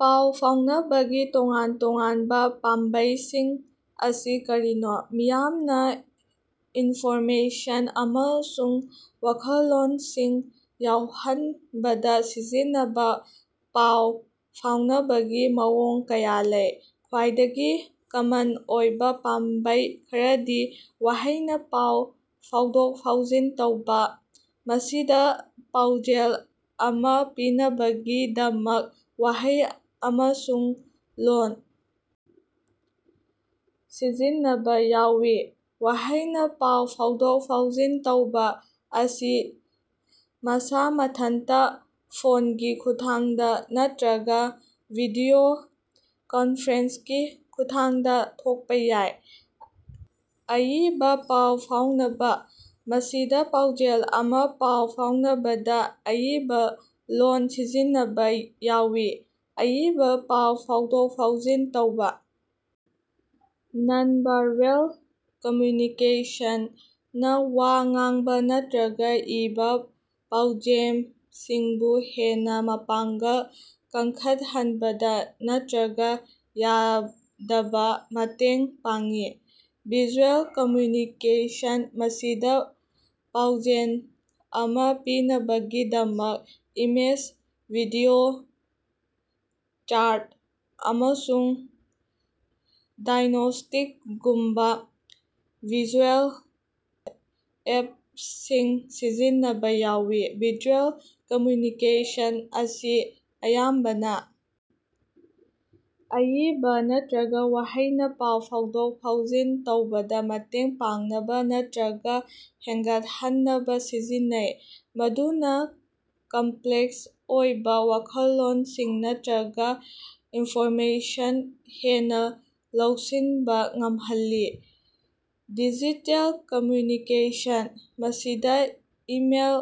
ꯄꯥꯎ ꯐꯥꯎꯅꯕꯒꯤ ꯇꯣꯉꯥꯟ-ꯇꯣꯉꯥꯟꯕ ꯄꯥꯝꯕꯩꯁꯤꯡ ꯑꯁꯤ ꯀꯔꯤꯅꯣ? ꯃꯤꯌꯥꯝꯅ ꯏꯟꯐꯣꯔꯃꯦꯁꯟ ꯑꯃꯁꯨꯡ ꯋꯥꯈꯜꯂꯣꯟꯁꯤꯡ ꯌꯧꯍꯟꯕꯗ ꯁꯤꯖꯤꯟꯅꯕ ꯄꯥꯎ ꯐꯥꯎꯅꯕꯒꯤ ꯃꯑꯣꯡ ꯀꯌꯥ ꯂꯩ꯫ ꯈ꯭ꯋꯥꯏꯗꯒꯤ ꯀꯃꯟ ꯑꯣꯏꯕ ꯄꯥꯝꯕꯩ ꯈꯔꯗꯤ: ꯋꯥꯍꯩꯅ ꯄꯥꯎ ꯐꯥꯎꯗꯣꯛ-ꯐꯥꯎꯖꯤꯟ ꯇꯧꯕ: ꯃꯁꯤꯗ ꯄꯥꯎꯖꯦꯜ ꯑꯃ ꯄꯤꯅꯕꯒꯤꯗꯃꯛ ꯋꯥꯍꯩ ꯑꯃꯁꯨꯡ ꯂꯣꯜ ꯁꯤꯖꯤꯟꯅꯕ ꯌꯥꯎꯏ꯫ ꯋꯥꯍꯩꯅ ꯄꯥꯎ ꯐꯥꯎꯗꯣꯛ-ꯐꯥꯎꯖꯤꯟ ꯇꯧꯕ ꯑꯁꯤ ꯃꯁ ꯃꯊꯟꯇ, ꯐꯣꯟꯒꯤ ꯈꯨꯠꯊꯥꯡꯗ ꯅꯠꯇ꯭ꯔꯒ ꯚꯤꯗꯤꯑꯣ ꯀꯟꯐꯔꯦꯟꯁꯤꯡꯒꯤ ꯈꯨꯠꯊꯥꯡꯗ ꯊꯣꯛꯄ ꯌꯥꯏ꯫ ꯑꯏꯕ ꯄꯥꯎ ꯐꯥꯎꯅꯕ: ꯃꯁꯤꯗ ꯄꯥꯎꯖꯦꯜ ꯑꯃ ꯄꯥꯎ ꯐꯥꯎꯅꯕꯗ ꯑꯏꯕ ꯂꯣꯜ ꯁꯤꯖꯤꯟꯅꯕ ꯌꯥꯎꯏ꯫ ꯑꯏꯕ ꯄꯥꯎ ꯐꯥꯎꯗꯣꯛ-ꯐꯥꯎꯖꯤꯟ ꯇꯧꯕ ꯅꯟ-ꯚꯥꯔꯕꯦꯜ ꯀꯝꯃ꯭ꯌꯨꯅꯤꯀꯦꯁꯟꯅ ꯋꯥ ꯉꯥꯡꯕ ꯅꯠꯇ꯭ꯔꯒ ꯏꯕꯥ ꯄꯥꯎꯖꯦꯝꯁꯤꯡꯕꯨ ꯍꯦꯟꯅ ꯃꯄꯥꯡꯒꯜ ꯀꯟꯈꯠꯍꯟꯕꯗ ꯅꯠꯇ꯭ꯔꯒ ꯌꯥꯗꯕꯗ ꯃꯇꯦꯡ ꯄꯥꯡꯏ꯫ ꯚꯤꯖꯨꯑꯦꯜ ꯀꯝꯃ꯭ꯌꯨꯅꯤꯀꯦꯁꯟ: ꯃꯁꯤꯗ ꯄꯥꯎꯖꯦꯜ ꯑꯃ ꯄꯤꯅꯕꯒꯤꯗꯃꯛ ꯏꯃꯦꯖ, ꯚꯤꯗꯤꯑꯣ, ꯆꯥꯔꯠ, ꯑꯃꯁꯨꯡ ꯗꯥꯏꯒ꯭ꯅꯣꯁꯇꯤꯛꯒꯨꯝꯕ ꯚꯤꯖꯨꯑꯦꯜ ꯑꯦꯗꯁꯤꯡ ꯁꯤꯖꯤꯟꯅꯕ ꯌꯥꯎꯏ꯫ ꯚꯤꯖꯨꯑꯦꯜ ꯀꯝꯃ꯭ꯌꯨꯅꯤꯀꯦꯁꯟ ꯑꯁꯤ ꯑꯌꯥꯝꯕꯅ ꯑꯏꯕ ꯅꯠꯇ꯭ꯔꯒ ꯋꯥꯍꯩꯅ ꯄꯥꯎ ꯐꯥꯎꯗꯣꯛ-ꯐꯥꯎꯖꯤꯟ ꯇꯧꯕꯗ ꯃꯇꯦꯡ ꯄꯥꯡꯅꯕ ꯅꯠꯇ꯭ꯔꯒ ꯍꯦꯟꯒꯠꯍꯟꯅꯕ ꯁꯤꯖꯤꯟꯅꯩ, ꯃꯗꯨꯅ ꯀꯝꯄ꯭ꯂꯦꯛꯁ ꯑꯣꯏꯕ ꯋꯥꯈꯜꯂꯣꯟꯁꯤꯡ ꯅꯠꯇ꯭ꯔꯒ ꯏꯟꯐꯣꯔꯃꯦꯁꯟ ꯍꯦꯟꯅ ꯂꯧꯁꯤꯟꯕ ꯉꯝꯍꯜꯂꯤ꯫ ꯗꯤꯖꯤꯇꯦꯜ ꯀꯝꯃ꯭ꯌꯨꯅꯤꯀꯦꯁꯟ: ꯃꯁꯤꯗ email,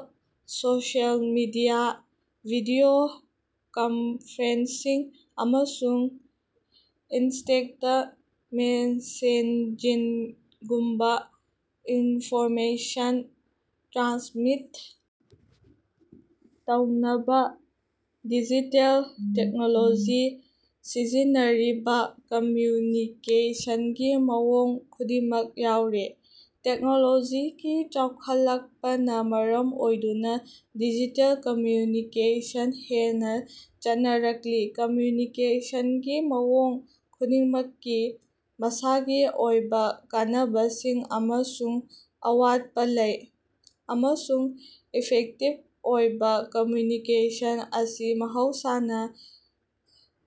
social media, video conferencing, ꯑꯃꯁꯨꯡ ꯏꯟꯁꯇꯦꯟꯇ ꯃꯦꯁꯦꯖꯤꯡꯒꯨꯝꯕ ꯏꯟꯐꯣꯔꯃꯦꯁꯟ ꯇ꯭ꯔꯥꯟꯁꯃꯤꯠ ꯇꯧꯅꯕ ꯗꯤꯖꯤꯇꯦꯜ ꯇꯦꯛꯅꯣꯂꯣꯖꯤ ꯁꯤꯖꯤꯟꯅꯔꯤꯕ ꯀꯝꯃ꯭ꯌꯨꯅꯤꯀꯦꯁꯟꯒꯤ ꯃꯑꯣꯡ ꯈꯨꯗꯤꯡꯃꯛ ꯌꯥꯎꯔꯤ꯫ ꯇꯦꯛꯅꯣꯂꯣꯖꯤꯒꯤ ꯆꯥꯎꯈꯠꯂꯛꯄꯅ ꯃꯔꯝ ꯑꯣꯏꯗꯨꯅ ꯗꯤꯖꯤꯇꯦꯜ ꯀꯝꯃ꯭ꯌꯨꯅꯤꯀꯦꯁꯟ ꯍꯦꯟꯅ ꯆꯠꯅꯔꯛꯂꯤ꯫ ꯀꯝꯃ꯭ꯌꯨꯅꯤꯀꯦꯁꯟꯒꯤ ꯃꯑꯣꯡ ꯈꯨꯗꯤꯡꯃꯛꯀꯤ ꯃꯁꯥꯒꯤ ꯑꯣꯏꯕ ꯀꯥꯟꯅꯕꯁꯤꯡ ꯑꯃꯁꯨꯡ ꯑꯋꯥꯠꯄ ꯂꯩ, ꯑꯃꯁꯨꯡ ꯏꯐꯦꯛꯇꯤꯚ ꯑꯣꯏꯕ ꯀꯝꯃ꯭ꯌꯨꯅꯤꯀꯦꯁꯟ ꯑꯁꯤ ꯃꯍꯧꯁꯥꯅ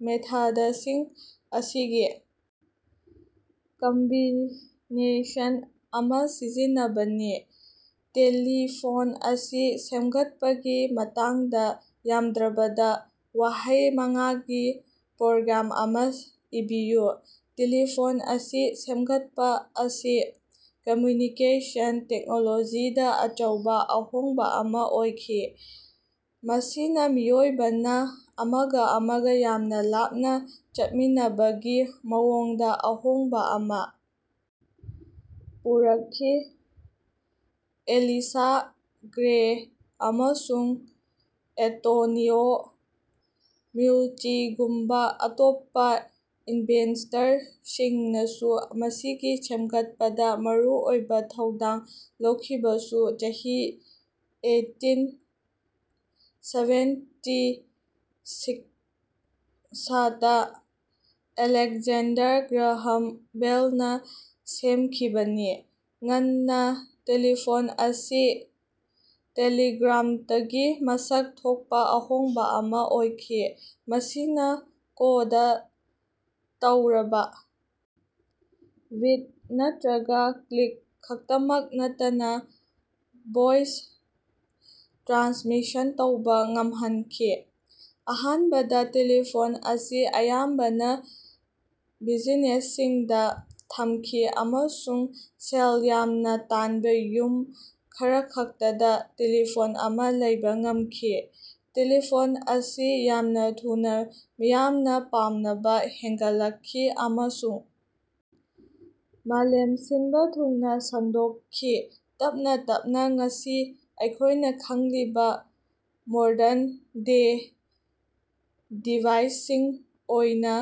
ꯃꯦꯊꯗꯁꯤꯡ ꯑꯁꯤꯒꯤ ꯀꯝꯕꯤꯅꯦꯁꯟ ꯑꯃ ꯁꯤꯖꯤꯟꯅꯕꯅꯤ꯫ ꯇꯦꯂꯤꯐꯣꯟ ꯑꯁꯤ ꯁꯦꯝꯒꯠꯄꯒꯤ ꯃꯇꯥꯡꯗ ꯌꯥꯝꯗ꯭ꯔꯕꯗ ꯋꯥꯍꯩ ꯃꯉꯥꯒꯤ ꯄꯔꯣꯒꯔꯝ ꯑꯃ ꯏꯕꯤꯌꯨ꯫ ꯇꯦꯂꯤꯐꯣꯟ ꯑꯁꯤ ꯁꯦꯝꯒꯠꯄ ꯑꯁꯤ ꯀꯝꯃ꯭ꯌꯨꯅꯤꯀꯦꯁꯟ ꯇꯦꯛꯅꯣꯂꯣꯖꯤꯗ ꯑꯆꯧꯕ ꯑꯍꯣꯡꯕ ꯑꯃ ꯑꯣꯏꯈꯤ, ꯃꯁꯤꯅ ꯃꯤꯑꯣꯏꯕꯅ ꯑꯃꯒ ꯑꯃꯒ ꯌꯥꯝꯅ ꯂꯥꯞꯅ ꯆꯠꯃꯤꯟꯅꯕꯒꯤ ꯃꯑꯣꯡꯗ ꯑꯍꯣꯡꯕ ꯑꯃ ꯄꯨꯔꯛꯈꯤ꯫ ꯑꯦꯂꯤꯁꯥ ꯒ꯭ꯔꯦ ꯑꯃꯁꯨꯡ ꯑꯦꯟꯇꯣꯅꯤꯑꯣ ꯃꯦꯎꯆꯤꯒꯨꯝꯕ ꯑꯇꯣꯞꯄ ꯏꯟꯚꯦꯟꯇꯔꯁꯤꯡꯅꯁꯨ ꯃꯁꯤꯒꯤ ꯁꯦꯝꯒꯠꯄꯗ ꯃꯔꯨꯑꯣꯏꯕ ꯊꯧꯗꯥꯡ ꯂꯧꯈꯤꯕꯁꯨ ꯆꯍꯤ eighteen seventy six Alexander Graham ꯕꯦꯜꯅ ꯁꯦꯝꯈꯤꯕꯅꯤ꯫ ꯉꯟꯅ ꯇꯦꯂꯤꯐꯣꯟ ꯑꯁꯤ ꯇꯦꯂꯤꯒ꯭ꯔꯥꯐꯇꯒꯤ ꯃꯁꯛ ꯊꯣꯛꯄ ꯑꯍꯣꯡꯕ ꯑꯃ ꯑꯣꯏꯈꯤ; ꯃꯁꯤꯅ ꯀꯣꯗ ꯇꯧꯔꯕ ꯕꯤꯞ ꯅꯠꯇ꯭ꯔꯒ ꯀ꯭ꯂꯤꯛ ꯈꯛꯇꯃꯛ ꯅꯠꯇꯅ ꯚꯣꯏꯁ ꯇ꯭ꯔꯥꯟꯁꯃꯤꯁꯟ ꯇꯧꯕ ꯉꯝꯍꯟꯈꯤ꯫ ꯑꯍꯥꯟꯕꯗ ꯇꯦꯂꯤꯐꯣꯟ ꯑꯁꯤ ꯑꯌꯥꯝꯕꯅ ꯕꯤꯖꯤꯅꯦꯁꯁꯤꯡꯗ ꯊꯝꯈꯤ ꯑꯃꯁꯨꯡ ꯁꯦꯜ ꯌꯥꯝꯅ ꯇꯥꯟꯕ ꯌꯨꯝ ꯈꯔꯈꯛꯇꯗ ꯇꯦꯂꯤꯐꯣꯟ ꯑꯃ ꯂꯩꯕ ꯉꯝꯈꯤ꯫ ꯇꯦꯂꯤꯐꯣꯟ ꯑꯁꯤ ꯌꯥꯝꯅ ꯊꯨꯅ ꯃꯤꯌꯥꯝꯅ ꯄꯥꯝꯅꯕ ꯍꯦꯟꯒꯠꯂꯛꯈꯤ ꯑꯃꯁꯨꯡ ꯃꯥꯂꯦꯝ ꯁꯤꯟꯕ ꯊꯨꯡꯅ ꯁꯟꯗꯣꯛꯈꯤ, ꯇꯞꯅ ꯇꯞꯅ ꯉꯁꯤ ꯑꯩꯈꯣꯏꯅ ꯈꯪꯂꯤꯕ ꯃꯣꯗꯔꯟ ꯗꯦ ꯗꯤꯚꯥꯏꯁꯁꯤꯡ ꯑꯣꯏꯅ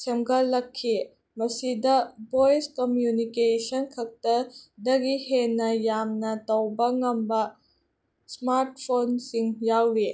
ꯁꯦꯝꯒꯠꯂꯛꯈꯤ, ꯃꯁꯤꯗꯥ ꯚꯣꯏꯁ ꯀꯝꯃ꯭ꯌꯨꯅꯤꯀꯦꯁꯟ ꯈꯛꯇꯗꯒꯤ ꯍꯦꯟꯅ ꯌꯥꯝꯅ ꯇꯧꯕ ꯉꯝꯕ ꯁ꯭ꯃꯥꯔꯇꯐꯣꯟꯁꯤꯡ ꯌꯥꯎꯔꯤ꯫